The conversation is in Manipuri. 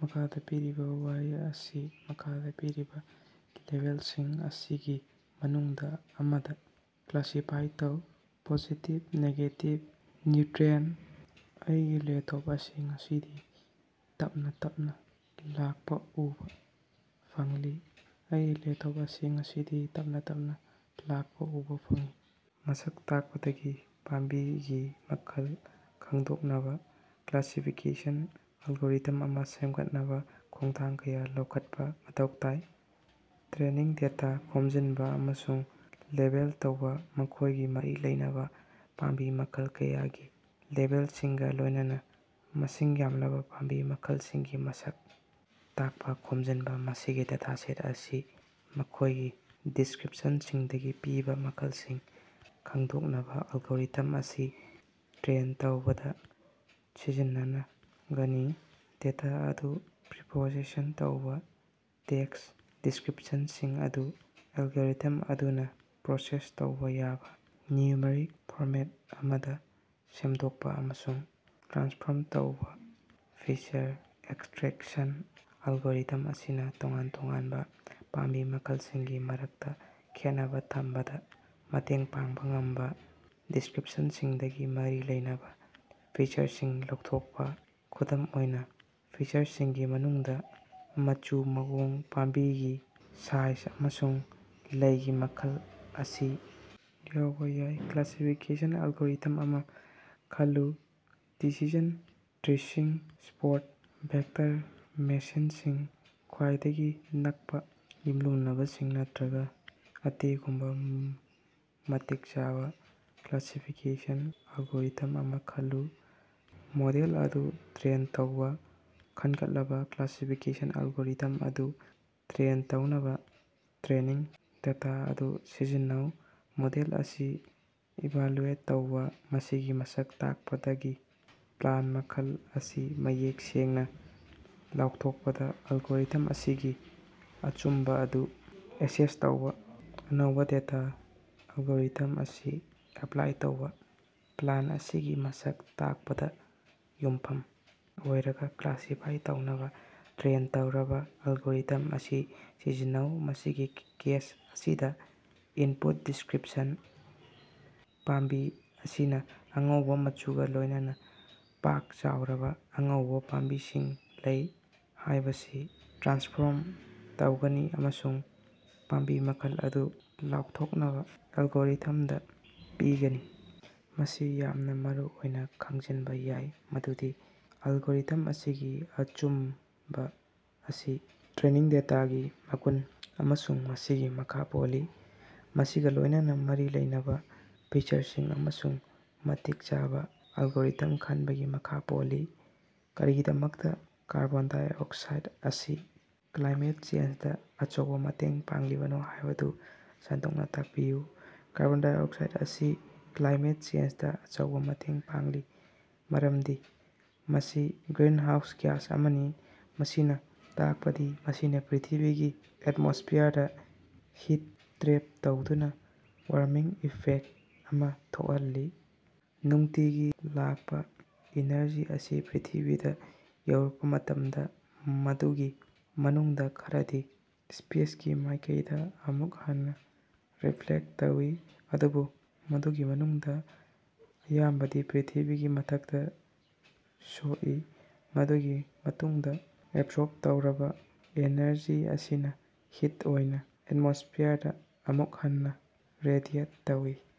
ꯃꯈꯥꯗ ꯄꯤꯔꯤꯕ ꯋꯥꯍꯩ ꯑꯁꯤ ꯃꯈꯥꯗ ꯄꯤꯔꯤꯕ ꯂꯦꯕꯦꯜꯁꯤꯡ ꯑꯁꯤꯒꯤ ꯃꯅꯨꯡꯗ ꯑꯃꯗ ꯀ꯭ꯂꯥꯁꯤꯐꯥꯏ ꯇꯧ: ꯄꯣꯖꯤꯇꯤꯚ, ꯅꯦꯒꯦꯇꯤꯚ, ꯅ꯭ꯌꯨꯇ꯭ꯔꯤꯑꯦꯟꯇ꯫ ꯑꯩꯒꯤ ꯂꯦꯞꯇꯣꯞ ꯑꯁꯤ ꯉꯁꯤꯗꯤ ꯇꯞꯅ- ꯇꯞꯅ ꯂꯥꯛꯄ ꯎꯕ ꯐꯪꯂꯤ꯫ "ꯑꯩꯒꯤ ꯂꯦꯞꯇꯣꯞ ꯑꯁꯤ ꯉꯁꯤꯗꯤ ꯇꯞꯅ- ꯇꯞꯅ ꯂꯥꯛꯄ ꯎꯕ ꯐꯪꯏ" ꯃꯁꯛ ꯇꯥꯛꯄꯗꯒꯤ ꯄꯥꯝꯕꯤꯒꯤ ꯃꯈꯜ ꯈꯪꯗꯣꯛꯅꯕ ꯀ꯭ꯂꯥꯁꯤꯐꯤꯀꯦꯁꯟ ꯑꯦꯜꯒꯣꯔꯤꯊꯝ ꯑꯃ ꯁꯦꯝꯒꯠꯅꯕ ꯈꯣꯡꯊꯥꯡ ꯀꯌꯥ ꯂꯧꯈꯠꯄ ꯃꯊꯧ ꯇꯥꯏ꯫ ꯇ꯭ꯔꯦꯅꯤꯡ ꯗꯦꯇꯥ ꯈꯣꯝꯖꯤꯟꯕ ꯑꯃꯁꯨꯡ ꯂꯦꯕꯦꯜ ꯇꯧꯕ: ꯃꯈꯣꯏꯒꯤ ꯃꯔꯤ ꯂꯩꯅꯕ ꯄꯥꯝꯕꯤ ꯃꯈꯜ ꯀꯌꯥꯒꯤ ꯂꯦꯕꯦꯜꯁꯤꯡꯒ ꯂꯣꯏꯅꯅ ꯃꯁꯤꯡ ꯌꯥꯝꯂꯕ ꯄꯥꯝꯕꯤ ꯃꯈꯜꯁꯤꯡꯒꯤ ꯃꯁꯛ ꯇꯥꯛꯄ ꯈꯣꯝꯖꯤꯟꯕ꯫ ꯃꯁꯤꯒꯤ ꯗꯦꯇꯥꯁꯦꯠ ꯑꯁꯤ ꯃꯈꯣꯏꯒꯤ ꯗꯤꯁꯀ꯭ꯔꯤꯞꯁꯟꯁꯤꯡꯗꯒꯤ ꯄꯤꯕ ꯃꯈꯜꯁꯤꯡ ꯈꯪꯗꯣꯛꯅꯕ ꯑꯦꯜꯒꯣꯔꯤꯊꯝ ꯑꯁꯤ ꯇ꯭ꯔꯦꯟ ꯇꯧꯕꯗ ꯁꯤꯖꯤꯟꯅ ꯒꯅꯤ꯫ ꯗꯦꯇꯥ ꯑꯗꯨ ꯄ꯭ꯔꯤꯄ꯭ꯔꯣꯁꯦꯁ ꯇꯧꯕ: ꯇꯦꯛꯁ ꯗꯤꯁꯀ꯭ꯔꯤꯞꯁꯟꯁꯤꯡ ꯑꯗꯨ ꯑꯦꯜꯒꯣꯔꯤꯊꯝ ꯑꯗꯨꯅ ꯄ꯭ꯔꯣꯁꯦꯁ ꯇꯧꯕ ꯌꯥꯕ ꯅ꯭ꯌꯨꯃꯔꯤꯛ ꯐꯣꯔꯃꯦꯠ ꯑꯃꯗ ꯁꯦꯡꯗꯣꯛꯄ ꯑꯃꯁꯨꯡ ꯇ꯭ꯔꯥꯟꯁꯐꯣꯔꯝ ꯇꯧꯕ꯫ ꯐꯤꯆꯔ ꯑꯦꯛꯁꯇ꯭ꯔꯦꯛꯁꯟ: ꯑꯦꯜꯒꯣꯔꯤꯊꯝ ꯑꯁꯤꯅ ꯇꯣꯉꯥꯟ -ꯇꯣꯉꯥꯟꯕ ꯄꯥꯝꯕꯤ ꯃꯈꯜꯁꯤꯡꯒꯤ ꯃꯔꯛꯇ ꯈꯦꯠꯅꯕ ꯊꯝꯕꯗ ꯃꯇꯦꯡ ꯄꯥꯡꯕ ꯉꯝꯕ ꯗꯤꯁꯀ꯭ꯔꯤꯞꯁꯟꯁꯤꯡꯗꯒꯤ ꯃꯔꯤ ꯂꯩꯅꯕ ꯐꯤꯆꯔꯁꯤꯡ ꯂꯧꯊꯣꯛꯄ꯫ ꯈꯨꯗꯝ ꯑꯣꯏꯅ, ꯐꯤꯆꯔꯁꯤꯡꯒꯤ ꯃꯅꯨꯡꯗ ꯃꯆꯨ, ꯃꯑꯣꯡ, ꯄꯥꯝꯕꯤꯒꯤ ꯁꯥꯏꯖ ꯑꯃꯁꯨꯡ ꯂꯩꯒꯤ ꯃꯈꯜ ꯑꯁꯤ ꯌꯥꯎꯕ ꯌꯥꯏ꯫ ꯀ꯭ꯂꯥꯁꯤꯐꯤꯀꯦꯁꯟ ꯑꯦꯜꯒꯣꯔꯤꯊꯝ ꯑꯃ ꯈꯜꯂꯨ ꯗꯤꯁꯤꯖꯟ ꯇ꯭ꯔꯤꯁꯤꯡ, ꯁꯄꯣꯔꯠ ꯚꯦꯛꯇꯔ ꯃꯦꯁꯤꯟꯁꯤꯡ, ꯈ꯭ꯋꯥꯏꯗꯒꯤ ꯅꯛꯄ ꯌꯨꯝꯂꯣꯟꯅꯕꯁꯤꯡ ꯅꯠꯇ꯭ꯔꯒ ꯑꯇꯦꯒꯨꯝꯕ ꯃꯇꯤꯛ ꯆꯥꯕ ꯀ꯭ꯂꯥꯁꯤꯐꯤꯀꯦꯁꯟ ꯑꯦꯜꯒꯣꯔꯤꯊꯝ ꯑꯃ ꯈꯜꯂꯨ꯫ ꯃꯣꯗꯦꯜ ꯑꯗꯨ ꯇ꯭ꯔꯦꯟ ꯇꯧꯕ: ꯈꯟꯒꯠꯂꯕ ꯀ꯭ꯂꯥꯁꯤꯐꯤꯀꯦꯁꯟ ꯑꯦꯜꯒꯣꯔꯤꯊꯝ ꯑꯗꯨ ꯇ꯭ꯔꯦꯟ ꯇꯧꯅꯕ ꯇ꯭ꯔꯦꯅꯤꯡ ꯗꯦꯇꯥ ꯑꯗꯨ ꯁꯤꯖꯤꯟꯅꯧ꯫ ꯃꯣꯗꯦꯜ ꯑꯁꯤ ꯏꯚꯥꯂꯨꯑꯦꯠ ꯇꯧꯕ: ꯃꯁꯤꯒꯤ ꯃꯁꯛ ꯇꯥꯛꯄꯗꯒꯤ ꯄ꯭ꯂꯥꯟꯇ ꯃꯈꯜ ꯑꯁꯤ ꯃꯌꯦꯛ ꯁꯦꯡꯅ ꯂꯥꯎꯊꯣꯛꯄꯗ ꯑꯦꯜꯒꯣꯔꯤꯊꯝ ꯑꯁꯤꯒꯤ ꯑꯆꯨꯝꯕ ꯑꯗꯨ ꯑꯦꯁꯦꯁ ꯇꯧꯕ꯫ ꯑꯅꯧꯕ ꯗꯦꯇꯥꯗ ꯑꯦꯜꯒꯣꯔꯤꯊꯝ ꯑꯁꯤ ꯑꯦꯞꯂꯥꯏ ꯇꯧꯕ: ꯄ꯭ꯂꯥꯟꯇ ꯑꯁꯤꯒꯤ ꯃꯁꯛ ꯇꯥꯛꯄꯗ ꯌꯨꯝꯐꯝ ꯑꯣꯏꯔꯒ ꯀ꯭ꯂꯥꯁꯤꯐꯥꯏ ꯇꯧꯅꯕ ꯇ꯭ꯔꯦꯟ ꯇꯧꯔꯕ ꯑꯦꯜꯒꯣꯔꯤꯊꯝ ꯑꯁꯤ ꯁꯤꯖꯤꯟꯅꯧ꯫ ꯃꯁꯤꯒꯤ ꯀꯦꯁ ꯑꯁꯤꯗ ꯏꯟꯄꯨꯠ ꯗꯤꯁꯀ꯭ꯔꯤꯞꯁꯟ 'ꯄꯥꯝꯕꯤ ꯑꯁꯤꯅ ꯑꯉꯧꯕ ꯃꯆꯨꯒ ꯂꯣꯏꯅꯅ ꯄꯥꯛ ꯆꯥꯎꯔꯕ ꯑꯉꯧꯕ ꯄꯥꯝꯕꯤꯁꯤꯡ ꯂꯩ' ꯍꯥꯏꯕꯁꯤ ꯇ꯭ꯔꯥꯟꯁꯐꯣꯔꯝ ꯇꯧꯒꯅꯤ ꯑꯃꯁꯨꯡ ꯄꯥꯝꯕꯤ ꯃꯈꯜ ꯑꯗꯨ ꯂꯥꯎꯊꯣꯛꯅꯕ ꯑꯦꯜꯒꯣꯔꯤꯊꯃꯗ ꯄꯤꯒꯅꯤ꯫ ꯃꯁꯤ ꯌꯥꯝꯅ ꯃꯔꯨꯑꯣꯏꯅ ꯈꯪꯖꯤꯟꯕ ꯌꯥꯏ ꯃꯗꯨꯗꯤ ꯑꯦꯜꯒꯣꯔꯤꯊꯝ ꯑꯁꯤꯒꯤ ꯑꯆꯨꯝꯕ ꯑꯁꯤ ꯇ꯭ꯔꯦꯅꯤꯡ ꯗꯦꯇꯥꯒꯤ ꯃꯒꯨꯟ ꯑꯃꯁꯨꯡ ꯃꯁꯤꯡꯒꯤ ꯃꯈꯥ ꯄꯣꯜꯂꯤ꯫ ꯃꯁꯤꯒ ꯂꯣꯌꯅꯅ ꯃꯔꯤ ꯂꯩꯅꯕ ꯐꯤꯆꯔꯁꯤꯡ ꯑꯃꯁꯨꯡ ꯃꯇꯤꯛ ꯆꯥꯕ ꯑꯦꯜꯒꯣꯔꯤꯊꯝ ꯈꯟꯕꯒꯤ ꯃꯈꯥ ꯄꯣꯜꯂꯤ꯫ ꯀꯔꯤꯒꯤꯗꯃꯛꯇ ꯀꯥꯔꯕꯣꯟ -ꯗꯥꯏꯑꯣꯛꯁꯥꯏꯗ ꯑꯁꯤ ꯀ꯭ꯂꯥꯏꯃꯦꯠ ꯆꯦꯟꯖꯗ ꯑꯆꯧꯕ ꯃꯇꯦꯡ ꯄꯥꯡꯂꯤꯕꯅꯣ ꯍꯥꯏꯕꯗꯨ ꯁꯟꯗꯣꯛꯅ ꯇꯥꯛꯄꯤꯌꯨ꯫ ꯀꯥꯔꯕꯣꯟ ꯗꯥꯏꯑꯣꯛꯁꯥꯏꯗ ꯑꯁꯤ ꯀ꯭ꯂꯥꯏꯃꯦꯠ ꯆꯦꯟꯖꯇ ꯑꯆꯧꯕ ꯃꯇꯦꯡ ꯄꯥꯡꯂꯤ ꯃꯔꯝꯗꯤ ꯃꯁꯤ ꯒ꯭ꯔꯤꯟꯍꯥꯎꯁ ꯒ꯭ꯌꯥꯁ ꯑꯃꯅꯤ꯫ ꯃꯁꯤꯅ ꯇꯥꯛꯄꯗꯤ ꯃꯁꯤꯅ ꯄ꯭ꯔꯤꯊꯤꯕꯤꯒꯤ ꯑꯦꯠꯃꯣꯁ꯭ꯐꯤꯌꯔꯗ ꯍꯤꯠ ꯇ꯭ꯔꯦꯞ ꯇꯧꯗꯨꯅ ꯋꯥꯔꯃꯤꯡ ꯏꯐꯦꯛꯇ ꯑꯃ ꯊꯣꯛꯍꯜꯂꯤ꯫ ꯅꯨꯃꯤꯠꯇꯒꯤ ꯂꯥꯛꯄ ꯏꯅꯔꯖꯤ ꯑꯁꯤ ꯄ꯭ꯔꯤꯊꯤꯕꯤꯗ ꯌꯧꯔꯛꯄ ꯃꯇꯝꯗ, ꯃꯗꯨꯒꯤ ꯃꯅꯨꯡꯗ ꯈꯔꯗꯤ ꯁ꯭ꯄꯦꯁꯀꯤ ꯃꯥꯏꯀꯩꯗ ꯑꯃꯨꯛ ꯍꯟꯅ ꯔꯤꯐ꯭ꯂꯦꯛꯇ ꯇꯧꯏ꯫ ꯑꯗꯨꯕꯨ ꯃꯗꯨꯒꯤ ꯃꯅꯨꯡꯗ ꯑꯌꯥꯝꯕꯗꯤ ꯄ꯭ꯔꯤꯊꯤꯕꯤꯒꯤ ꯃꯊꯛꯇ ꯁꯣꯛꯏ꯫ ꯃꯗꯨꯒꯤ ꯃꯇꯨꯡꯗ ꯑꯦꯕꯁꯣꯔꯕ ꯇꯧꯔꯕ ꯑꯦꯅꯔꯖꯤ ꯑꯁꯤꯅ ꯍꯤꯠ ꯑꯣꯏꯅ ꯑꯦꯠꯃꯣꯁ꯭ꯐꯤꯌꯔꯗ ꯑꯃꯨꯛ ꯍꯟꯅ ꯔꯦꯗꯤꯑꯦꯠ ꯇꯧꯏ꯫